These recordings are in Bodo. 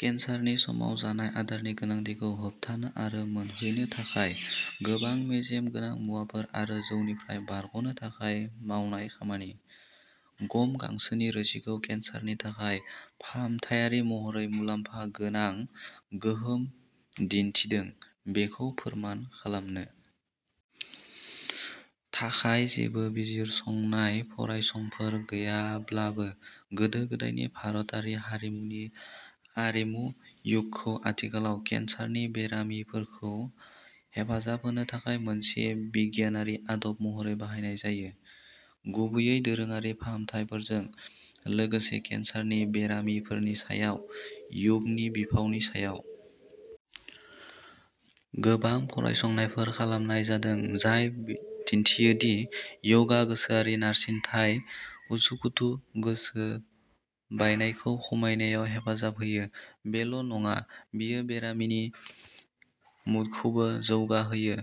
केन्सारनि समाव जानाय आदारनि गोनांथिखौ होबथानो आरो मोनहैनो थाखाय गोबां मेजेम गोनां मुवाफोर आरो जौनिफ्राय बारग'नो थाखाय मावनाय खामानि। गम गांसोनि रोसिखौ केनसारनि थाखाय फाहामथायारि महरै मुलाम्फा गोनां गोहोम दिन्थिदों बेखौ फोरमान खालामनो थाखाय जेबो बिजिरसंनाय फरायसंफोर गैयाब्लाबो गोदो गोदायनि भारतारि हारिमुनि आरिमु य'गखौ आथिखालाव केन्सारनि बेरामिफोरखौ हेफाजाब होनो थाखाय मोनसे बिगियानारि आदब महरै बाहायनाय जायो गुबैयै दोरोङारि फाहामथायफोरजों लोगोसे केन्सारनि बेरामिफोरनि सायाव य'गनि बिफावनि सायाव गोबां फरायसंनायफोर खालामनाय जादों जाय दिन्थियो दि य'गआ गोसोआरि नारसिनथाय उसुखुथु गोसो बायनायखौ खमायनायाव हेफाजाब होयो बेल'नङा बेयो बेरामिनि मुडखौबो जौगाहोयो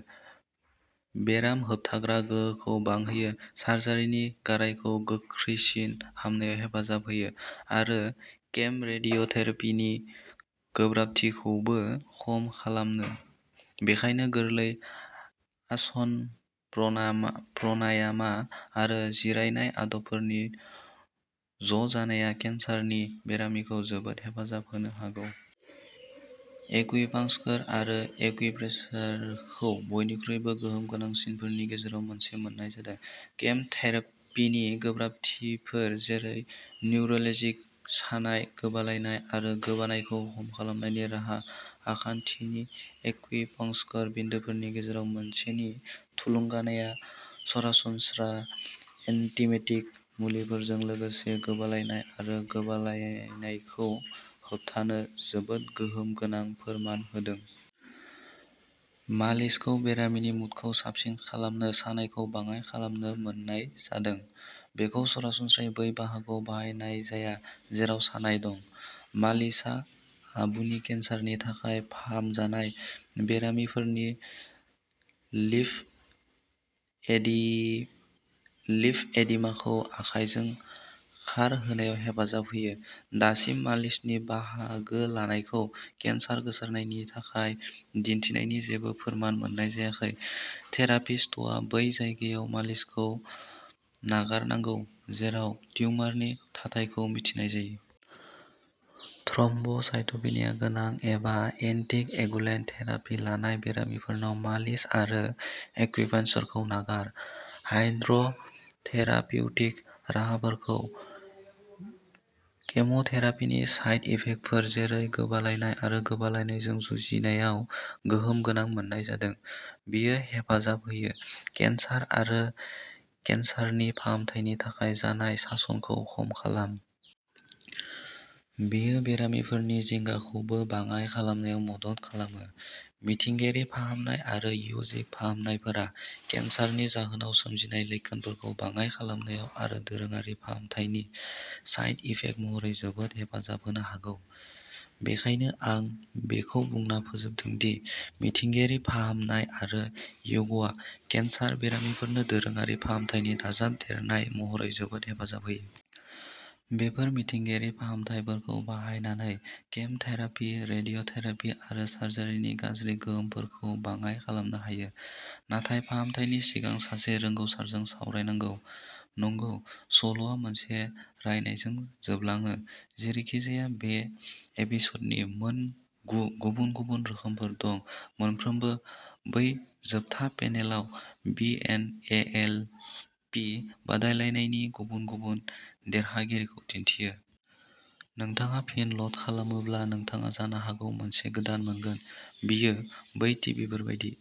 बेराम होबथाग्रा गोहोखौ बांहोयो सार्जारिनि गारायखौ गोख्रैसिन हामनायाव हेफाजाब होयो आरो केम' रेडिय'थेरापिनि गोब्राबथिफोरखौबो खम खालामो बेनिखायनो गोरलै आसन प्रना-प्रनायामा आरो जिरायनाय आदबफोरनि ज'जानाया केन्सार बेरामिखौ जोबोद हेफाजाब होनो हागौ। एक्युपांक्चर आरो एक्युप्रेशरखौ बयनिख्रुइबो गोहोम गोनांसिनफोरनि गेजेराव मोनसे मोननाय जादों। केम थेरापिनि गोब्राबथिफोर जेरै निउरेलजिक सानाय गोबालायनाय आरो गोबानायखौ खम खालामनायनि राहा आखान्थिनि एक्युपंक्चर बिन्दोफोरनि गेजेराव मोनसे नि थुलुंगानायआ सरासनस्रा एन्टिमेटिक मुलिफोरजों लोगोसे गोबालायनाय आरो गोबालायनायखौ होबथानो जोबोद गोहोम गोनां फोरमान होदों। मालिसखौ बेरामिनि मुडखौ साबसिन खालामनो सानायखौ बाङाइ खालामनो मोननाय जादों। बेखौ सरासनस्रायै बै बाहागोआव बाहायनाय जाया जेराव सानाय दं। मालिसआ आबुनि केन्सारनि थाखाय फाहामजानाय बेरामिफोरनि लिफ एडि लिम्फ एडिमाखौ आखाइजों खारहोनायावबो हेफाजाब होयो। दासिम मालिसनि बाहागोलानायखौ केन्सार गोसारनायनि थाखाय दिन्थिनायनि जेबो फोरमान मोननाय जायाखै थेरापिस्टआ बै जायगायाव मालिसखौ नागारनांगौ जेराव टिउमारनि थाथायखौ मिथिनाय जायो। थ्रम्ब साइटोपेनिया गोनां एबा एन्टिक एगुलेन्ट थेरापि लानाय बेरामिफोरनाव मालिस आरो एक्युपंक्चरखौ नागार। हायड्र थेरापिउटिक राहाफोरखौ केमोथेरापिनि साइड इफेक्टफोर जेरै गोबालायनाय आरो गोबालायनायजों जुजिनायाव गोहोम गोनां मोननाय जादों। बेयो हेफाजाब होयो। केन्सार आरो केन्सारनि फाहामथायनि थाखाय जानाय सानायखौ खम खालाम। बेयो बेरामिफोरनि जिंगाखौबो बाङाय खालामनायाव मदद खालामो। मिथिंगायारि फाहामनाय आरो य'जिक फाहामनायफोरा केन्सारनि जाहोनाव सोमजिनाय लैखोनफोरखौ बाङाइ खालामनायाव आरो दोरोङारि फाहामथायनि साइड इफेक्ट महरै जोबोद हेफाजाब होनो हागौ। बेनिखायनो आं बेखौ बुंना फोजोबदों दि मिथिंगायारि फाहामनाय आरो य'गआ केन्सार बेरामिफोरनो दोरोङारि फाहामथायनि दाजाबदेरनाय महरै जोबोद हेफाजाब होयो। बेफोर मिथिंगायारि फाहामनायफोरखौ बाहायनानै केम'थेरापि रेडिय'थेरापि आरो सार्जारिनि गाज्रि गोहोमफोरखौ बाङाइ खालामनो हायो। नाथाय फाहामनायनि सिगां सासे रोंगोसारजों सावरायनांगोन। नंगौ सल'आ मोनसे रायनायजों जोबलाङो जेरैखिजाया बे एपिस'डनि मोन गु गुबुन गुबुन रोखोमफोर दं मोनफ्रोमबो बै जोबथा पेनेलाव बि इन एएलपि बादायलायनायनि गुबुन गुबुन देरहागिरिखौ दिन्थियो। नोंथाङा फिन ल'ड खालामोब्ला नोंथाङा जानो हागौ मोनसे गोदान मोनगोन। बेयो बै टिभिफोर बायदि।